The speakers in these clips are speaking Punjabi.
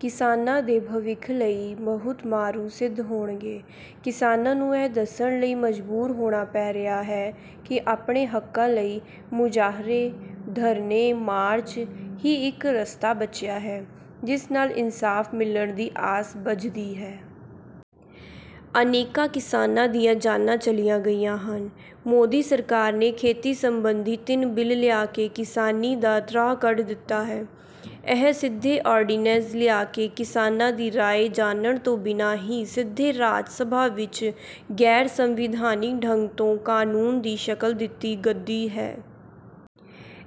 ਕਿਸਾਨਾਂ ਦੇ ਭਵਿੱਖ ਲਈ ਬਹੁਤ ਮਾਰੂ ਸਿੱਧ ਹੋਣਗੇ। ਕਿਸਾਨਾਂ ਨੂੰ ਇਹ ਦੱਸਣ ਲਈ ਮਜਬੂਰ ਹੋਣਾ ਪੈ ਰਿਹਾ ਹੈ ਕਿ ਆਪਣੇ ਹੱਕਾਂ ਲਈ ਮੁਜ਼ਾਹਰੇ, ਧਰਨੇ, ਮਾਰਚ ਹੀ ਇੱਕ ਰਸਤਾ ਬਚਿਆ ਹੈ ਜਿਸ ਨਾਲ ਇੰਨਸਾਫ ਮਿਲਣ ਦੀ ਆਸ ਬੱਝਦੀ ਹੈ। ਅਨੇਕਾਂ ਕਿਸਾਨਾਂ ਦੀਆਂ ਜਾਨਾਂ ਚਲੀਆਂ ਗਈਆਂ ਹਨ। ਮੋਦੀ ਸਰਕਾਰ ਨੇ ਖੇਤੀ ਸੰਬੰਧੀ ਤਿੰਨ ਬਿੱਲ ਲਿਆ ਕੇ ਕਿਸਾਨੀ ਦਾ ਤ੍ਰਾਹ ਕੱਢ ਦਿੱਤਾ ਹੈ। ਇਹ ਸਿੱਧੇ ਆਰਡੀਨੈਸ ਲਿਆ ਕੇ ਕਿਸਾਨਾਂ ਦੀ ਰਾਏ ਜਾਨਣ ਤੋਂ ਬਿਨਾਂ ਹੀ ਸਿੱਧੇ ਰਾਜ ਸਭਾ ਵਿੱਚ ਗੈਰ-ਸੰਵਿਧਾਨਿਕ ਢੰਗ ਤੋਂ ਕਾਨੂੰਨ ਦੀ ਸ਼ਕਲ ਦਿੱਤੀ ਗੱਦੀ ਹੈ।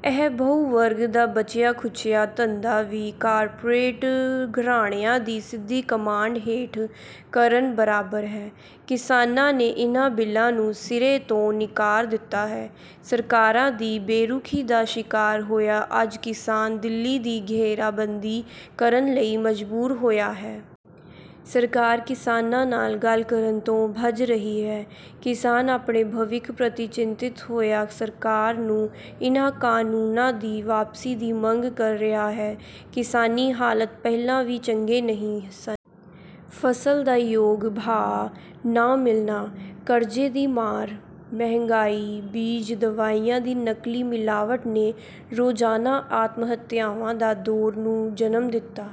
ਇਹ ਬਹੂ-ਵਰਗ ਦਾ ਬਚਿਆ ਖੁਚਿਆ ਧੰਦਾ ਵੀ ਕਾਰਪੋਰੇਟ ਘਰਾਣਿਆਂ ਦੀ ਸਿੱਧੀ ਕਮਾਂਡ ਹੇਠ ਕਰਨ ਬਰਾਬਰ ਹੈ। ਕਿਸਾਨਾਂ ਨੇ ਇਹਨਾ ਬਿੱਲਾਂ ਨੂੰ ਸਿਰੇ ਤੋਂ ਨਿਕਾਰ ਦਿੱਤਾ ਹੈ। ਸਰਕਾਰਾਂ ਦੀ ਬੇਰੁਖ਼ੀ ਦਾ ਸ਼ਿਕਾਰ ਹੋਇਆ ਅੱਜ ਕਿਸਾਨ ਦਿੱਲੀ ਦੀ ਘੇਰਾ ਬੰਦੀ ਕਰਨ ਲਈ ਮਜਬੂਰ ਹੋਇਆ ਹੈ। ਸਰਕਾਰ ਕਿਸਾਨਾਂ ਨਾਲ ਗੱਲ ਕਰਨ ਤੋਂ ਭੱਜ ਰਹੀ ਹੈ। ਕਿਸਾਨ ਆਪਣੇ ਭਵਿੱਖ ਪ੍ਰਤੀ ਚਿੰਤਤ ਹੋਇਆ ਸਰਕਾਰ ਨੂੰ ਇਹਨਾਂ ਕਾਨੂੰਨਾਂ ਦੀ ਵਾਪਸੀ ਦੀ ਮੰਗ ਕਰ ਰਿਹਾ ਹੈ, ਕਿਸਾਨੀ ਹਾਲਤ ਪਹਿਲਾ ਵੀ ਚੰਗੇ ਨਹੀਂ ਸਨ। ਫਸਲ ਦਾ ਯੋਗ ਭਾਅ ਨਾਂ ਮਿਲਣਾ, ਕਰਜ਼ੇ ਦੀ ਮਾਰ, ਮਹਿਗਾਈ, ਬੀਜ ਦਵਾਈਆਂ ਦੀ ਨਕਲੀ ਮਿਲਾਵਟ ਨੇ ਰੋਜ਼ਾਨਾ ਆਤਮਹੱਤਿਆਵਾਂ ਦਾ ਦੌਰ ਨੂੰ ਜਨਮ ਦਿੱਤਾ।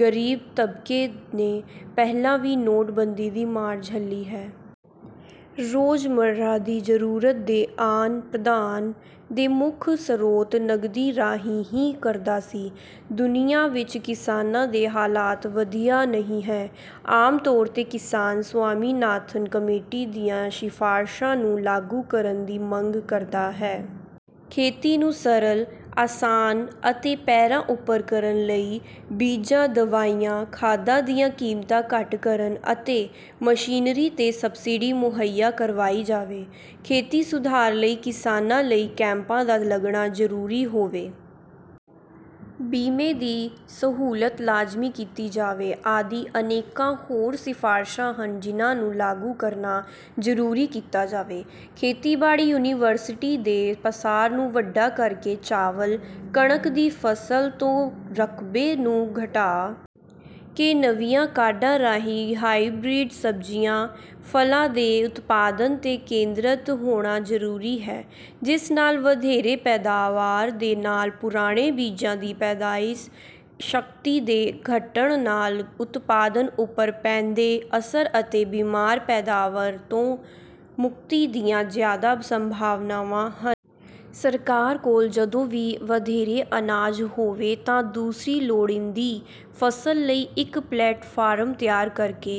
ਗਰੀਬ ਤਬਕੇ ਨੇ ਪਹਿਲਾ ਵੀ ਨੋਟ ਬੰਦੀ ਦੀ ਮਾਰ ਝੱਲੀ ਹੈ। ਰੋਜ਼-ਮਰ੍ਹਾ ਦੀ ਜ਼ਰੂਰਤ ਦੇ ਆਨ ਪ੍ਰਦਾਨ ਦੇ ਮੁੱਖ ਸਰੋਤ ਨਗਦੀ ਰਾਹੀਂ ਹੀ ਕਰਦਾ ਸੀ। ਦੁਨਿਆ ਵਿੱਚ ਕਿਸਾਨਾਂ ਦੇ ਹਾਲਾਤ ਵਧੀਆ ਨਹੀਂ ਹੈ। ਆਮ ਤੌਰ ਤੇ ਕਿਸਾਨ ਸੁਆਮੀਨਾਥਨ ਕਮੇਟੀ ਦੀਆਂ ਸ਼ਿਫਾਰਸ਼ਾਂ ਨੂੰ ਲਾਗੂ ਕਰਨ ਦੀ ਮੰਗ ਕਰਦਾ ਹੈ। ਖੇਤੀ ਨੂੰ ਸਰਲ, ਆਸਾਨ ਅਤੇ ਪੈਰਾਂ ਉਪਰ ਕਰਨ ਲਈ ਬੀਜਾਂ, ਦਵਾਈਆਂ, ਖਾਦਾਂ ਦੀਆਂ ਕੀਮਤਾਂ ਘੱਟ ਕਰਨ, ਅਤੇ ਮਸ਼ੀਨਰੀ ਤੇ ਸਬਸਿਡੀ ਮੁਹੱਈਆ ਕਰਵਾਈ ਜਾਵੇ। ਖੇਤੀ ਸੁਧਾਰ ਲਈ ਕਿਸਾਨਾਂ ਲਈ ਕੈਂਪਾਂ ਦਾ ਲੱਗਣਾ ਜ਼ਰੂਰੀ ਹੋਵੇ। ਬੀਮੇ ਦੀ ਸਹੁੱਲਤ ਲਾਜ਼ਮੀ ਕੀਤੀ ਜਾਵੇ ਆਦਿ ਅਨੇਕਾਂ ਹੋਰ ਸ਼ਿਫਾਰਸ਼ਾ ਹਨ ਜਿੰਨਾਂ ਨੂੰ ਲਾਗੂ ਕਰਨਾ ਜ਼ਰੂਰੀ ਕੀਤਾ ਜਾਵੇ। ਖੇਤੀਬਾੜੀ ਯੂਨੀਵਰਸੀਟੀ ਦੇ ਪਸਾਰ ਨੂੰ ਵੱਡਾ ਕਰਕੇ ਚਾਵਲ, ਕਣਕ ਦੀ ਫਸਲ ਤੋ ਰਕਬੇ ਨੂੰ ਘਟਾ ਕੇ ਨਵੀਆਂ ਕਾਢਾਂ ਰਾਹੀਂ ਹਾਈਬਰੀਡ ਸਬਜੀਆਂ, ਫਲਾਂ ਦੇ ਉਤਪਾਦਨ ਤੇ ਕੇਂਦਰਤ ਹੋਣਾ ਜਰੂਰੀ ਹੈ ਜਿਸ ਨਾਲ ਵਧੇਰੇ ਪੈਦਾਵਾਰ ਦੇ ਨਾਲ ਪੁਰਾਣੇ ਬੀਜਾਂ ਦੀ ਪੈਦਾਇਸ ਸ਼ਕਤੀ ਦੇ ਘੱਟਣ ਨਾਲ ਉਤਪਾਦਨ ਉਪਰ ਪੈਂਦੇ ਅਸਰ ਅਤੇ ਬਿਮਾਰ ਪੈਦਾਵਾਰ ਤੋ ਮੁਕਤੀ ਦੀਆਂ ਜਿਆਦਾ ਸੰਭਾਵਨਾਵਾਂ ਹਨ। ਸਰਕਾਰ ਕੋਲ ਜਦੋ ਵੀ ਵਧੇਰੇ ਅਨਾਜ ਹੋਵੇ ਤਾਂ ਦੂਸਰੀ ਲੋੜੀਂਦੀ ਫਸਲ ਲਈ ਇਕ ਪਲੇਟਫਾਰਮ ਤਿਆਰ ਕਰਕੇ,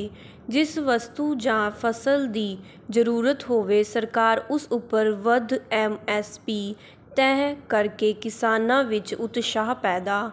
ਜਿਸ ਵਸਤੂ ਜਾਂ ਫਸਲ ਦੀ ਜਰੂਰਤ ਹੋਵੇ ਸਰਕਾਰ ਉਸ ਉਪਰ ਵੱਧ ਐਮ ਐਸ ਪੀ ਤਹਿ ਕਰਕੇ ਕਿਸਾਨਾਂ ਵਿੱਚ ਉਤਸ਼ਾਹ ਪੈਦਾ...